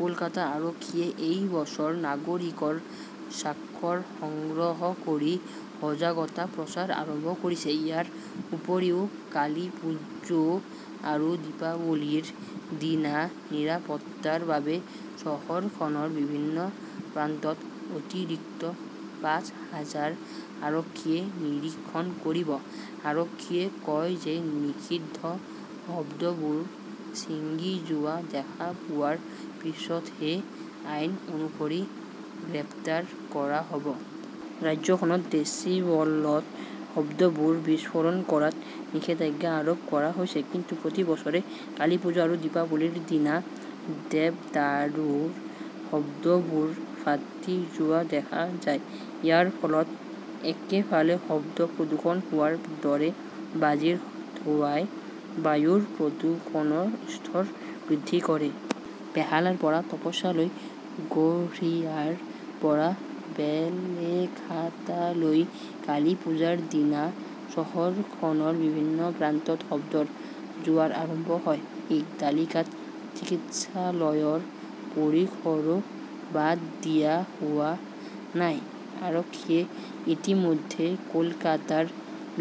কলকাতা আৰক্ষীয়ে এই বছৰ নাগৰিকৰ স্বাক্ষৰ সংগ্ৰহ কৰি সজাগতা প্ৰচাৰ আৰম্ভ কৰিছে। ইয়াৰ উপৰিও কালিপুজো আৰু দীপাৱলীৰ দিনা নিৰাপত্তাৰ বাবে চহৰখনৰ বিভিন্ন প্ৰান্তত অতিৰিক্ত পাঁচ হাজাৰ আৰক্ষীয়ে নিৰীক্ষণ কৰিব। আৰক্ষীয়ে কয় যে নিষিদ্ধ শব্দবোৰ ছিঙি যোৱা দেখা পোৱাৰ পিছতহে আইন অনুসৰি গ্ৰেপ্তাৰ কৰা হ'ব। ৰাজ্যখনত ডেচিবলত শব্দবোৰ বিস্ফোৰণ কৰাত নিষেধাজ্ঞা আৰোপ কৰা হৈছে। কিন্তু প্ৰতি বছৰে কালীপুজো আৰু দীপাৱলীৰ দিনা দেৱদাৰুৰ শব্দবোৰ ফাটি যোৱা দেখা যায়। ইয়াৰ ফলত একেফালে শব্দ প্ৰদূষণ হোৱাৰ দৰে বাজিৰ ধোঁৱাই বায়ুৰ প্ৰদূষণৰ স্তৰ বৃদ্ধি কৰে। বেহালাৰ পৰা তপস্যালৈ, গড়িয়াৰ পৰা বেলেঘাটালৈ-কালিপুজাৰ দিনা চহৰখনৰ বিভিন্ন প্ৰান্তত শব্দৰ জোৱাৰ আৰম্ভ হয়। এই তালিকাত চিকিৎসালয়ৰ পৰিসৰো বাদ দিয়া হোৱা নাই। আৰক্ষীয়ে ইতিমধ্যে কলকাতাৰ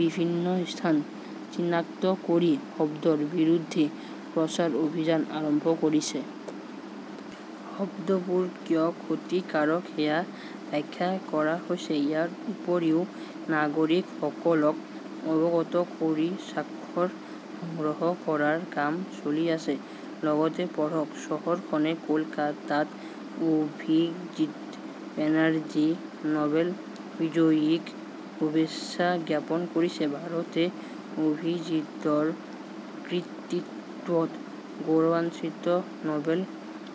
বিভিন্ন স্থান চিনাক্ত কৰি শব্দৰ বিৰুদ্ধে প্ৰচাৰ অভিযান আৰম্ভ কৰিছে। শব্দবোৰ কিয় ক্ষতিকাৰক সেয়া ব্যাখ্যা কৰা হৈছে। ইয়াৰ উপৰিও নাগৰিকসকলক অৱগত কৰি স্বাক্ষৰ সংগ্ৰহ কৰাৰ কাম চলি আছে। লগতে পঢ়ক চহৰখনে কলকাতাত অভিজিৎ বেনাৰ্জী, নবেল বিজয়ীক শুভেচ্ছা জ্ঞাপন কৰিছে। ভাৰতে অভিজিৎৰ কৃতিত্বত গৌৰৱাঞ্চিত, নবেল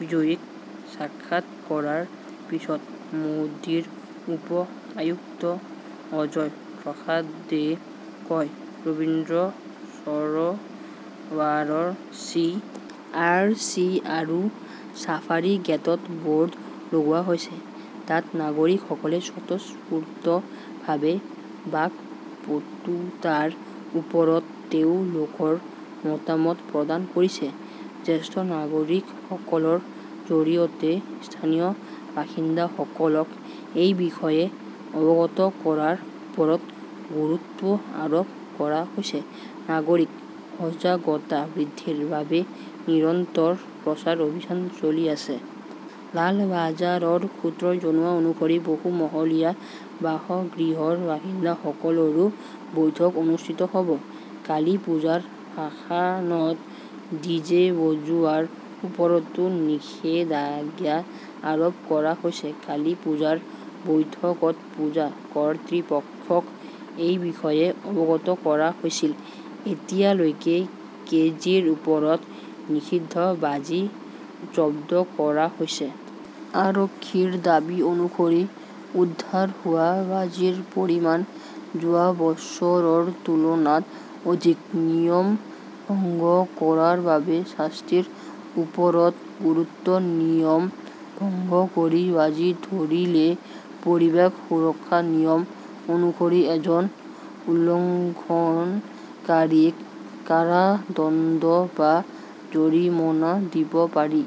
বিজয়ীক চাক্ষাৎ কৰাৰ পিছত মোদীৰ উপ আয়ুক্ত অজয় প্ৰসাদে কয় ৰবীন্দ্ৰ সৰবাৰৰ চি. আৰ. চি. আৰু ছাফাৰী গেটত বোৰ্ড লগোৱা হৈছে। তাত নাগৰিকসকলে স্বতঃস্ফূৰ্তভাৱে বাকপটুতাৰ ওপৰত তেওঁলোকৰ মতামত প্ৰদান কৰিছে। জ্যেষ্ঠ নাগৰিকসকলৰ জৰিয়তে স্থানীয় বাসিন্দাসকলক এই বিষয়ে অৱগত কৰাৰ ওপৰত গুৰুত্ব আৰোপ কৰা হৈছে। নাগৰিক সজাগতা বৃদ্ধিৰ বাবে নিৰন্তৰ প্ৰচাৰ অভিযান চলি আছে। লালবাজাৰৰ সূত্ৰই জনোৱা অনুসৰি বহু মহলীয়া বাসগৃহৰ বাসিন্দাসকলৰো বৈঠক অনুষ্ঠিত হ'ব। কালিপুজাৰ ভাসানত ডিজে বজোৱাৰ ওপৰতো নিষেধাজ্ঞা আৰোপ কৰা হৈছে। কালিপুজাৰ বৈঠকত পূজা কৰ্তৃপক্ষক এই বিষয়ে অৱগত কৰা হৈছিল। এতিয়ালৈকে কেজিৰ ওপৰত নিষিদ্ধ বাজি জব্দ কৰা হৈছে। আৰক্ষীৰ দাবী অনুসৰি উদ্ধাৰ হোৱা বাজিৰ পৰিমাণ যোৱা বছৰৰ তুলনাত অধিক। নিয়ম ভংগ কৰাৰ বাবে শাস্তিৰ ওপৰত গুৰুত্ব নিয়ম ভংগ কৰি বাজি ধৰিলে পৰিৱেশ সুৰক্ষা নিয়ম অনুসৰি এজন উলংঘনকাৰীক কাৰাদণ্ড বা জৰিমনা দিব পাৰি।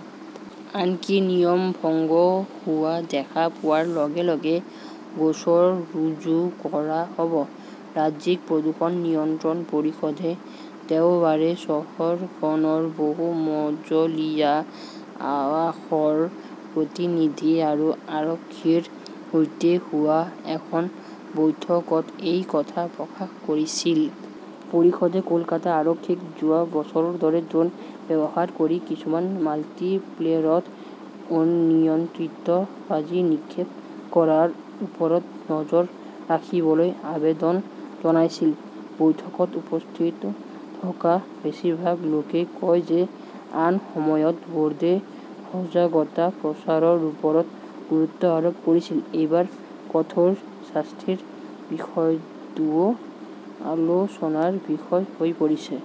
আনকি নিয়ম ভংগ হোৱা দেখা পোৱাৰ লগে - লগে গোচৰ ৰুজু কৰা হ'ব। ৰাজ্যিক প্ৰদূষণ নিয়ন্ত্ৰণ পৰিষদে দেওবাৰে চহৰখনৰ বহু মজলীয়া আৱাসৰ প্ৰতিনিধি আৰু আৰক্ষীৰ সৈতে হোৱা এখন বৈঠকত এই কথা প্ৰকাশ কৰিছিল। পৰিষদে কলকাতা আৰক্ষীক যোৱা বছৰৰ দৰে ড্ৰোন ব্যৱহাৰ কৰি কিছুমান মাল্টিপ্লেৰত অনিয়ন্ত্ৰিত বাজি নিক্ষেপ কৰাৰ ওপৰত নজৰ ৰাখিবলৈ আবেদন জনাইছিল। বৈঠকত উপস্থিত থকা বেছিভাগ লোকে কয় যে আন সময়ত বোৰ্ডে সজাগতা প্ৰচাৰৰ ওপৰত গুৰুত্ব আৰোপ কৰিছিল। এইবাৰ কঠোৰ শাস্তিৰ বিষয়টোও আলোচনাৰ বিষয় হৈ পৰিছে।